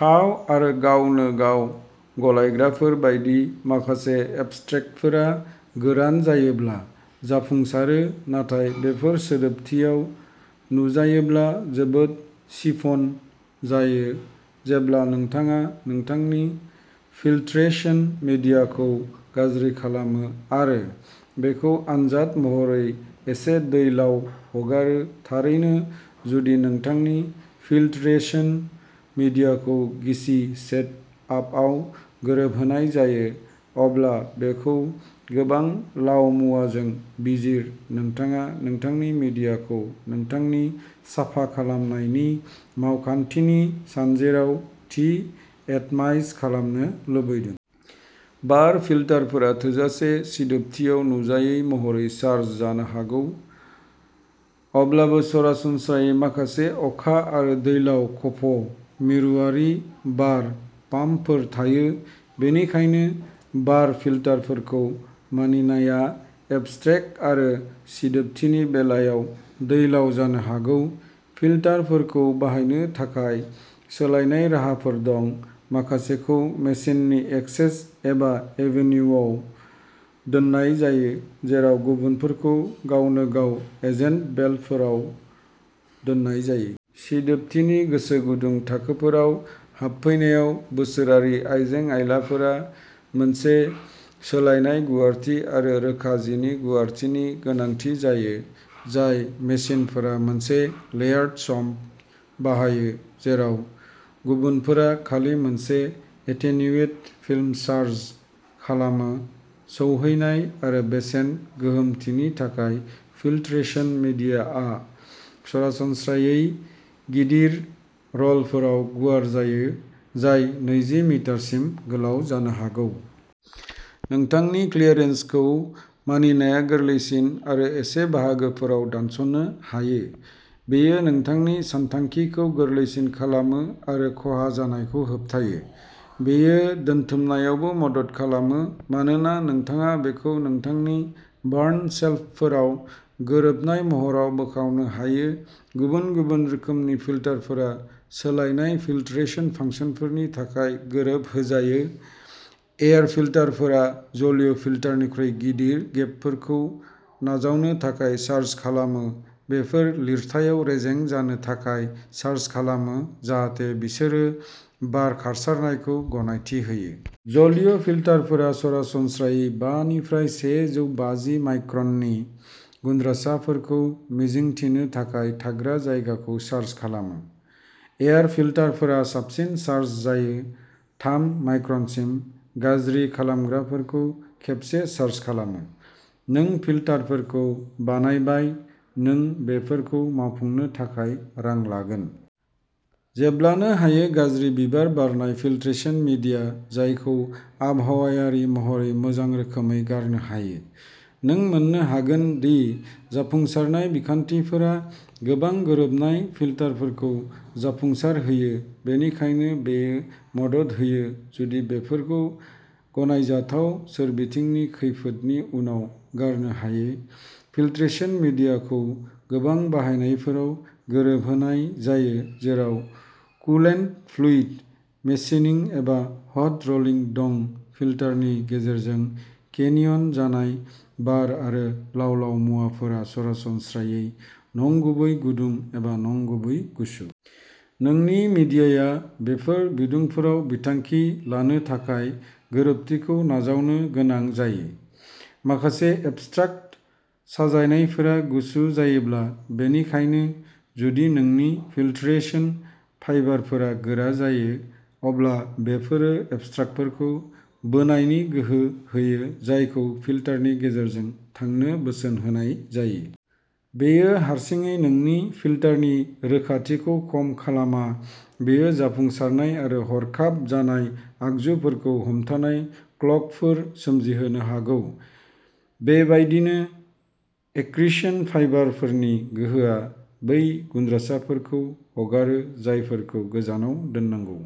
थाव आरो गावनो गाव गलायग्राफोर बायदि माखासे एब्स्ट्रेक्टफोरा गोरान जायोब्ला जाफुंसारो नाथाय बेफोर सिदोबथियाव नुजायोब्ला जोबोद सिफन जायो जेब्ला नोंथाङा नोंथांनि फिल्टरेशन मिडियाखौ गाज्रि खालामो अब्ला बेखौ आनजाद महरै एसे दैलाव हगारो थारैनो जुदि नोंथांनि फिल्टरेशन मिडियाखौ गिसि सेट आपआव गोरोबहोनाय जायो अब्ला बेखौ गोबां लाव मुवाजों बिजिर नोंथाङा नोंथांनि मिडियाखौ नोंथांनि साफा खालामनायनि मावखान्थिनि सानजेराव थि एटमाइज खालामनो लुबैदों। बार फिल्टारफोरा थोजासे सिदोबथियाव नुजायै महरै चार्ज जानो हागौ। अब्लाबो सरासनस्रायै माखासे अखा आरो दैलाव खफ' मिरुआरि बार पाम्पफोर थायो बेनिखायनो बार फिल्टारफोरखौ मानिनाया एब्स्ट्रेक्ट आरो सिदोबथिनि बेलायाव दैलाव जानो हागौ फिल्टारफोरखौ बाहायनो थाखाय सोलायनाय राहाफोर दं माखासेखौ मेसिननि एक्सेस एबा एवेन्युआव दोननाय जायो जेराव गुबुनफोरखौ गावनो गाव एजेन्ट बेल्टफोराव दोननाय जायो। सिदोबथिनि गोसो गुदुं थाखोफोराव हाबफैनायाव बोसोरारि आयजें आइलाफोरा मोनसे सोलायनाय गुवारथि आरो रोखा जिनि गुवारथिनि गोनांथि जायो माखासे मेसिनफोरा मोनसे लेयार्ड सम्प बाहायो जेराव गुबुनफोरा खालि मोनसे एटेन्युएट फिल्म चार्ज खालामो सौहैनाय आरो बेसेन गोहोमथिनि थाखाय फिल्टरेशन मिडियाआ सरासनस्रायै गिदिर र'लफोराव गुवार जायो जाय नैजि मिटारसिम गोलाव जानो हागौ। नोंथांनि क्लियारेन्सखौ मानिनाया गोरलैसिन आरो एसे बाहागोफोराव दानस'नो हायो। बेयो नोंथांनि सानथांखिखौ गोरलैसिन खालामो आरो खहा जानायखौ होबथायो। बेयो दोनथुमनायावबो मदद खालामो मानोना नोंथाङा बेखौ नोंथांनि बार्न शेल्फफोराव गोरोबनाय महराव बोखावनो हायो गुबुन गुबुन रोखोमनि फिल्टारफोरा सोलायनाय फिल्टरेशन फांसनफोरनि थाखाय गोरोबहोजायो एयार फिल्टारफोरा जलीय फिल्टारनिख्रुइ गिदिर गेपफोरखौ नाजावनो थाखाय चार्ज खालामो बेफोर लिरथायाव रेजें जानो थाखाय चार्ज खालामो जाहाथे बिसोरो बार खारसारनायखौ गनायथि होयो। जलीय फिल्टारफोरा सरासनस्रायै बा निफ्राय से जौ बाजि माइक्रननि गुनद्रासाफोरखौ मिजिंथिनो थाखाय थाग्रा जायगाखौ चार्ज खालामो। एयार फिल्टारफोरा साबसिन चार्ज जायो थाम माइक्रनसिम गाज्रि खालामग्राफोरखौ खेबसे चार्ज खालामो। नों फिल्टारफोरखौ बानायबाय नों बेफोरखौ मावफुंनो थाखाय रां लागोन। जेब्लानो हायो गाज्रि बिबार बारनाय फिल्ट्रेशन मिडिया जायखौ आबहावायारि महरै मोजां रोखोमै गारनो हायो। नों मोन्नो हागोन दि जाफुंसारनाय बिखान्थिफोरा गोबां गोरोबनाय फिल्टारफोरखौ जाफुंसारहोयो बेनिखायनो बेयो मदद होयो जुदि बेफोरखौ गनायजाथाव सोरबिथिंनि खैफोदनि उनाव गारनो हायो फिल्ट्रेशन मिडियाखौ गोबां बाहायनायफोराव गोरोबहोनाय जायो जेराव कुलेन्ट फ्लुइड मेशिनिं एबा हट रलिं दं फिल्टारनि गेजेरजों केनियन जानाय बार आरो लाव लाव मुवाफोरा सरासनस्रायै नंगुबै गुदुं एबा नंगुबै गुसु। नोंनि मिडियाया बेफोर बिदुंफोराव बिथांखि लानो थाखाय गोरोबथिखौ नाजावनो गोनां जायो। माखासे एब्स्ट्राकट साजायनायफोरा गुसु जायोब्ला बेनिखायनो जुदि नोंनि फिल्टरेशन फाइबारफोरा गोरा जायो अब्ला बेफोरो एब्स्ट्राकटफोरखौ बोनायनि गोहो होयो जायखौ फिल्टारनि गेजेरजों थांनो बोसोन होनाय जायो। बेयो हारसिङै नोंनि फिल्टारनि रोखाथिखौ खम खालामा बेयो जाफुंसारनाय आरो हरखाब जानाय आगजुफोरखौ हमथानाय क्लगफोर सोमजिहोनो हागौ। बेबायदिनो एक्रिशन फाइबारफोरनि गोहोआ बै गुनद्रासाफोरखौ हगारो जायफोरखौ गोजानाव दोननांगौ।